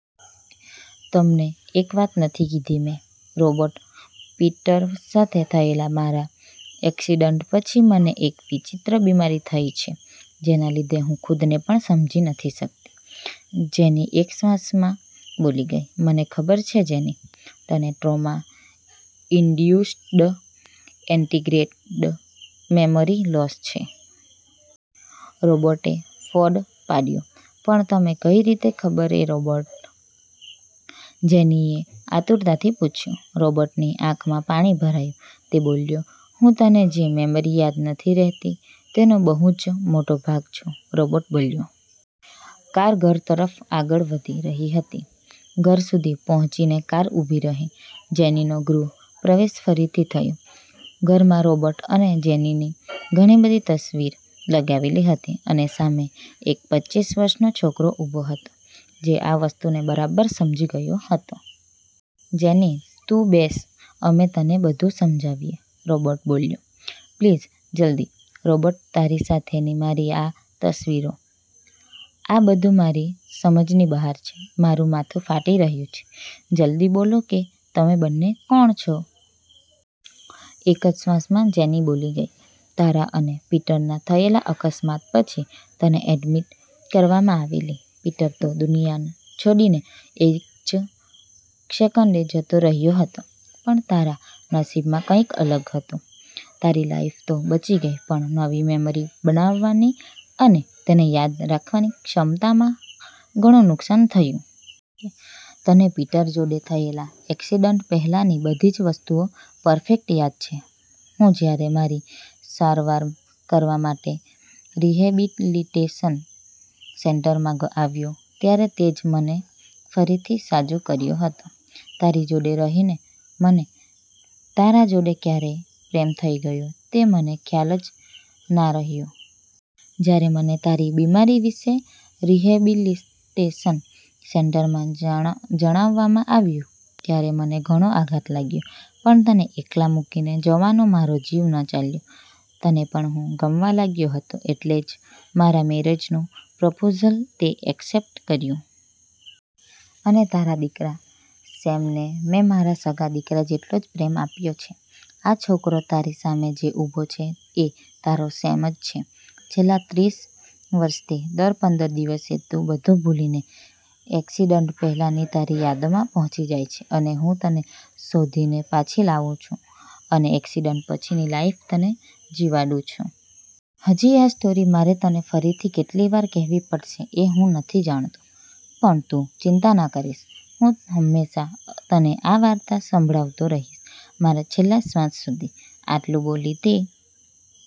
"તમને એક વાત નથી કીધી મે રૉબર્ટ, પીટર સાથે થયેલા મારા એક્સિડન્ટ પછી મને એક વિચિત્ર બીમારી થઈ છે. જેના લીધે હું ખુદને પણ સમજી નથી શકતી." જેની એક શ્વાસમાં બોલી ગઈ. "મને ખબર છે જેની, તને trauma induced anterograde memory loss છે." રૉબર્ટે ફોડ પાડ્યો. "પણ તને કઈ રીતે ખબર એ રૉબર્ટ?" જેનીએ આતુરતાથી પૂછયું. રોબર્ટની આંખમાં પાણી ભરાયું, તે બોલ્યો, "હું તને જે મેમરી યાદ નથી રહેતી, તેનો બહુ જ મોટો ભાગ છું." રૉબર્ટ બોલ્યો. કાર ઘર તરફ આગળ વધી રહી હતી, ઘર સુધી પહોંચીને કાર ઊભી રહી. જેનીનો ગૃહ પ્રવેશ ફરીથી થયો. ઘરમાં રોબર્ટ અને જેનીની ઘણી બધી તસવીર લગાવેલી હતી, અને સામે એક પચ્ચીસ વર્ષનો છોકરો ઊભો હતો, જે આ વસ્તુને બરાબર સમજી ગયો હતો. "જેની, તુ બેસ, અમે તને બધું સમજાવીએ." રૉબર્ટ બોલ્યો. "પ્લીઝ, જલ્દી. રૉબર્ટ તારી સાથેની મારી આ તસવીરો? આ બધું મારી સમજની બહાર છે, મારું માથું ફાટી રહ્યું છે, જલ્દી બોલો કે તમે બંને કોણ છો?" એક જ શ્વાસમાં જેની બોલી ગઈ. "તારા અને પીટરના થયેલા અકસ્માત પછી તને એડમીટ કરવામાં આવેલી. પીટર તો દુનિયા છોડીને એજ સેકન્ડે જતો રહ્યો હતો. પણ, તારા નસીબમાં કંઈક અલગ હતું. તારી લાઈફ તો બચી ગઈ, પણ નવી મેમરી બનાવવાની અને તેને યાદ રાખવાની ક્ષમતામાં ઘણું નુકશાન થયું. તને પીટર જોડે થયેલા એકસીડન્ટ પહેલાની બધી જ વસ્તુઓ પરફેક્ટ યાદ છે, હું જ્યારે મારી સારવાર કરવા માટે રિહેબિલિટેશન સેન્ટરમાં આવ્યો, ત્યારે તેજ મને ફરીથી સાજો કર્યો હતો. તારી જોડે રહીને મને તારા જોડે ક્યારે પ્રેમ થઇ ગયો તે મને ખ્યાલ જ ના રહ્યો. જ્યારે મને તારી બીમારી વિશે રિહેબિલિટેશન સેન્ટરમાં જણાવવામાં આવ્યું ત્યારે મને ઘણો આઘાત લાગ્યો. પણ તને એકલા મૂકીને જવાનો મારો જીવ ન ચાલ્યો. તને પણ હું ગમવા લાગ્યો હતો, એટલે જ મારા મેરેજનું પ્રપોઝલ તે એક્સેપ્ટ કર્યું. અને તારા દિકરા 'સેમ' ને મેં મારા સગા દીકરા જેટલો જ પ્રેમ આપ્યો છે. આ છોકરો તારી સામે જે ઊભો છે એ તારો સેમ જ છે. છેલ્લા ત્રીસ વર્ષથી દર પંદર દિવસે તુ બધુ ભૂલીને એક્સિડન્ટ પહેલાની તારી યાદોમાં પહોંચી જાય છે, અને હું તને શોધીને પાછી લાવુ છું, અને એક્સિડન્ટ પછીની લાઈફ તને જીવાડું છું. હજી આ સ્ટોરી મારે તને ફરીથી કેટલી વાર કહેવી પડશે એ હું નથી જાણતો. પણ તું ચિંતા ના કરીશ, હું હંમેશા તને આ વાર્તા સંભળાવતો રહીશ, મારા છેલ્લા શ્વાસ સુધી." આટલું બોલી તે